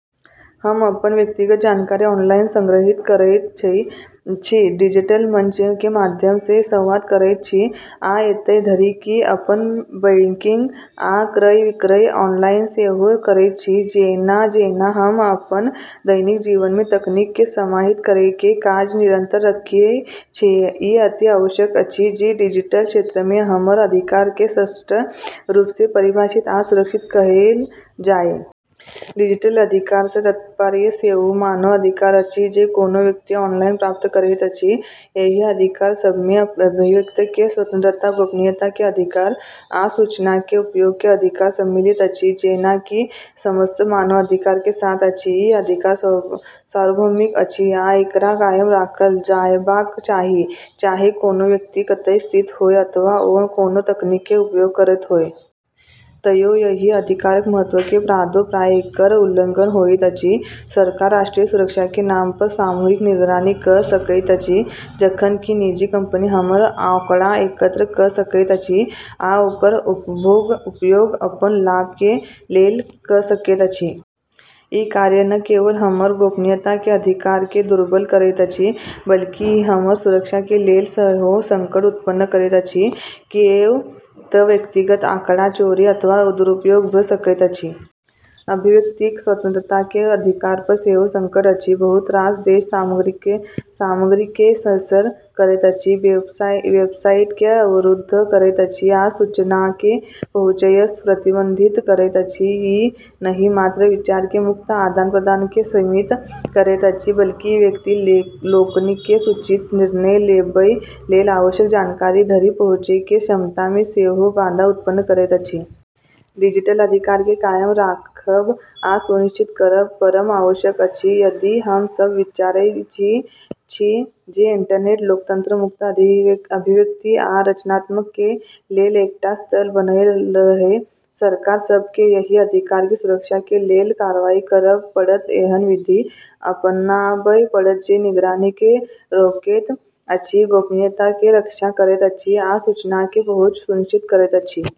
हम अपन व्यक्तिगत जानकारी ऑनलाइन संगृहीत करैत छी, डिजिटल मंच के माध्यम सँ संवाद करैत छी, आ एतय धरि कि अपन बैंकिङ आ क्रय-विक्रय ऑनलाइन सेहो करैत छी। जेना-जेना हम अपन दैनिक जीवन में तकनीक केँ समाहित करै के काज निरंतर रखै छियै, ई अति आवश्यक अछि जे डिजिटल क्षेत्र में हमर अधिकार केँ स्पष्ट रूप सँ परिभाषित आ सुरक्षित कएल जाय। डिजिटल अधिकार सँ तात्पर्य सेओ मानव अधिकार अछि जे कोनो व्यक्ति ऑनलाइन प्राप्त करैत अछि। एहि अधिकार सभमे अभिव्यक्ति के स्वतंत्रता, गोपनीयता के अधिकार, आ सूचना के उपयोग के अधिकार सम्मिलित अछि। जेना कि समस्त मानव अधिकार के साथ अछि, ई अधिकार सार्वभौमिक अछि आ एकरा कायम राखल जयबाक चाही, चाहे कोनो व्यक्ति कतय स्थित होय अथवा ओ कोनो तकनीक के उपयोग करैत होय। तैयो एहि अधिकारक महत्त्व के बादो प्रायः एकर उल्लंघन होइत अछि। सरकार राष्ट्रीय सुरक्षा के नाम पर सामूहिक निगरानी कऽ सकैत अछि, जखन कि निजी कंपनी हमर आँकड़ा (डेटा) एकत्र कऽ सकैत अछि आ ओकर उपयोग अपन लाभ के लेल कऽ सकैत अछि। ई कार्य न केवल हमर गोपनीयता के अधिकार केँ दुर्बल करैत अछि, बल्कि ई हमर सुरक्षा के लेल सेहो संकट उत्पन्न करैत अछि, किएक तँ व्यक्तिगत आँकड़ा चोरी अथवा दुरुपयोग भऽ सकैत अछि। अभिव्यक्तिक स्वतंत्रताके अधिकार पर सेहो संकट अछि। बहुत रास देश सामग्रीकेँ सेंसर करैत अछि, वेबसाइट केँ अवरुद्ध करैत अछि आ सूचनाकेँ पहुँचयसँ प्रतिबंधित करैत अछि। ई नहि मात्र विचार के मुक्त आदान-प्रदानकेँ सीमित करैत अछि, बल्कि ई व्यक्ति लोकनिकें सूचित निर्णय लेबय लेल आवश्यक जानकारी धरि पहुँचै के क्षमता में सेहो बाधा उत्पन्न करैत अछि। डिजिटल अधिकार केँ कायम राखब आ सुनिश्चित करब परम आवश्यक अछि, यदि हम सब विचारै छी जे इंटरनेट लोकतंत्र, मुक्त अभिव्यक्ति, आ रचनात्मकता के लेल एकटा स्थल बनल रहय। सरकार सभ केँ एहि अधिकार के सुरक्षा के लेल कार्रवाई करब पड़त, एहन विधि (कानून) अपनाबय पड़त जें निगरानी केँ रोकैत अछि, गोपनीयता के रक्षा करैत अछि, आ सूचना के पहुँच सुनिश्चित करैत अछि।